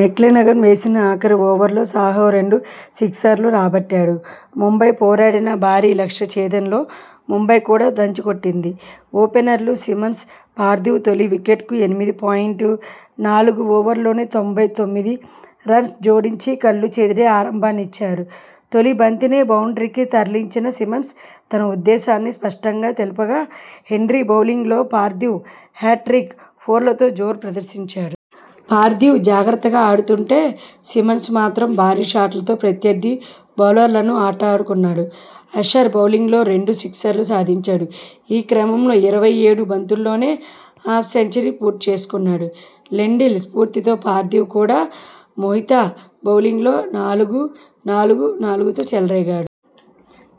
McClenaghan వేసిన ఆఖరి ఓవర్లో సాహా రెండు సిక్సర్లు రాబట్టాడు. ముంబై పోరాడినా, భారీ లక్ష్య ఛేదనలో ముంబై కూడా దంచికొట్టింది. ఓపెనర్లు సిమన్స్, పార్థివ్ తొలి వికెట్కు ఎనిమిది పాయింట్ నాలుగు ఓవర్లలోనే తొంభై తొమ్మిది రన్స్ జోడించి కళ్లు చెదిరే ఆరంభాన్నిచ్చారు. తొలి బంతినే బౌండ్రీకి తరలించిన సిమన్స్ తన ఉద్దేశాన్ని స్పష్టంగా తెలుపగా హెన్రీ బౌలింగ్లో పార్థివ్ హ్యాట్రిక్ ఫోర్లతో జోరు ప్రదర్శించాడు. పార్థివ్ జాగ్రత్తగా ఆడుతుంటే సిమన్స్ మాత్రం భారీ షాట్లతో ప్రత్యర్థి బౌలర్లను ఆటాడుకున్నాడు. అక్షర్ బౌలింగ్లో రెండు సిక్సర్లు సాధించాడు. ఈ క్రమంలో ఇరవై ఏడు బంతుల్లోనే హాఫ్ సెంచరీ పూర్తి చేసుకున్నాడు. లెండిల్ స్ఫూర్తితో పార్థివ్ కూడా మోహిత బౌలింగ్లో నాలుగు, నాలుగు, నాలుగుతో చెలరేగాడు.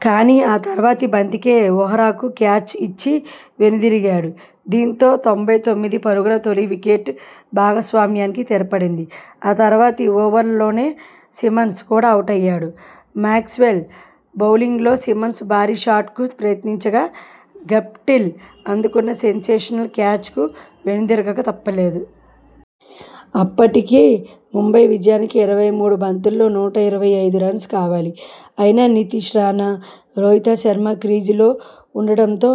కానీ.. ఆ తర్వాతి బంతికే వోహ్రాకు క్యాచ్ ఇచ్చి వెనుదిరిగాడు. దీంతో తొంభై తొమ్మిది పరుగుల తొలి వికెట్ భాగస్వామ్యానికి తెరపడింది. ఆ తర్వాతి ఓవర్లోనే సిమన్స్ కూడా అవుటయ్యాడు. మాక్స్వెల్ బౌలింగ్లో సిమన్స్ భారీ షాట్కు ప్రయత్నించగా, గప్టిల్ అందుకున్న సేన్సేషనల్ క్యాచ్కు వెనుదిరగక తప్పలేదు. అప్పటికి ముంబై విజయానికి అరవై మూడు బంతుల్లో నూట ఇరవై ఐదు రన్స్ కావాలి. అయినా నితీష్ రాణా, రోహిత శర్మ క్రీజులో ఉండడంతో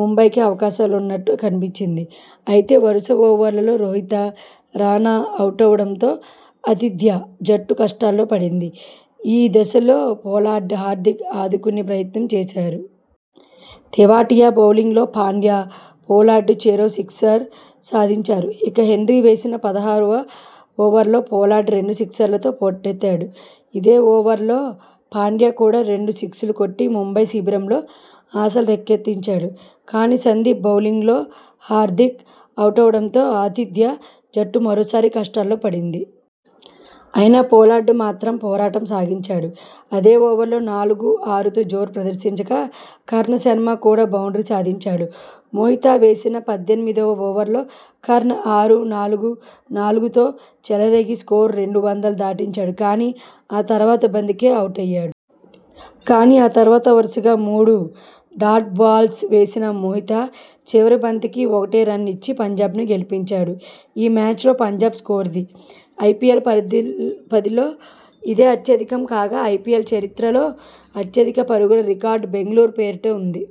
ముంబై కే అవకాశాలున్నట్టు కనిపించింది. అయితే, వరుస ఓవర్లలో రోహిత, రాణా అవుటవడంతో ఆతిథ్య జట్టు కష్టాల్లో పడింది. ఈ దశలో పొలార్డ్, హార్దిక్ ఆదుకునే ప్రయత్నం చేశారు. తెవాటియా బౌలింగ్లో పాండ్యా, పొలార్డ్ చెరో సిక్సర్ సాధించారు. ఇక హెన్రీ వేసిన పదహారువ ఓవర్లో పొలార్డ్ రెండు సిక్సర్లతో పోటెత్తాడు. ఇదే ఓవర్లో పాండ్యా కూడా రెండు సిక్స్లు కొట్టి ముంబై శిబిరంలో ఆశలు రేకెత్తించాడు. కానీ, సందీప్ బౌలింగ్లో హార్దిక్ అవుటవడంతో ఆతిథ్య జట్టు మరోసారి కష్టాల్లో పడింది. అయినా పొలార్డ్ మాత్రం పోరాటం సాగించాడు. అదే ఓవర్లో నాలుగు, ఆరుతో జోరు ప్రదర్శించగా, కర్ణ్ శర్మ కూడా బౌండ్రీ సాధించాడు. మోహిత వేసిన పద్దెనిమిదివ ఓవర్లో కర్ణ్ ఆరు, నాలుగు, నాలుగుతో చెలరేగి స్కోరు రెండు వందల దాటించాడు. కానీ ఆ తర్వాతి బంతికే అవుటయ్యాడు. కానీ ఆ తర్వాత వరుసగా మూడు డాట్ బాల్స్ వేసిన మోహిత, చివరి బంతికి ఒకటే రన్ ఇచ్చి పంజాబ్ను గెలిపించాడు. ఈ మ్యాచ్లో పంజాబ్ స్కోరిది. ఐపీఎల్, పదిలో ఇదే అత్యధికం. కాగా, ఐపీఎల్ చరిత్రలో అత్యధిక పరుగుల రికార్డు బెంగళూరు పేరిట ఉంది.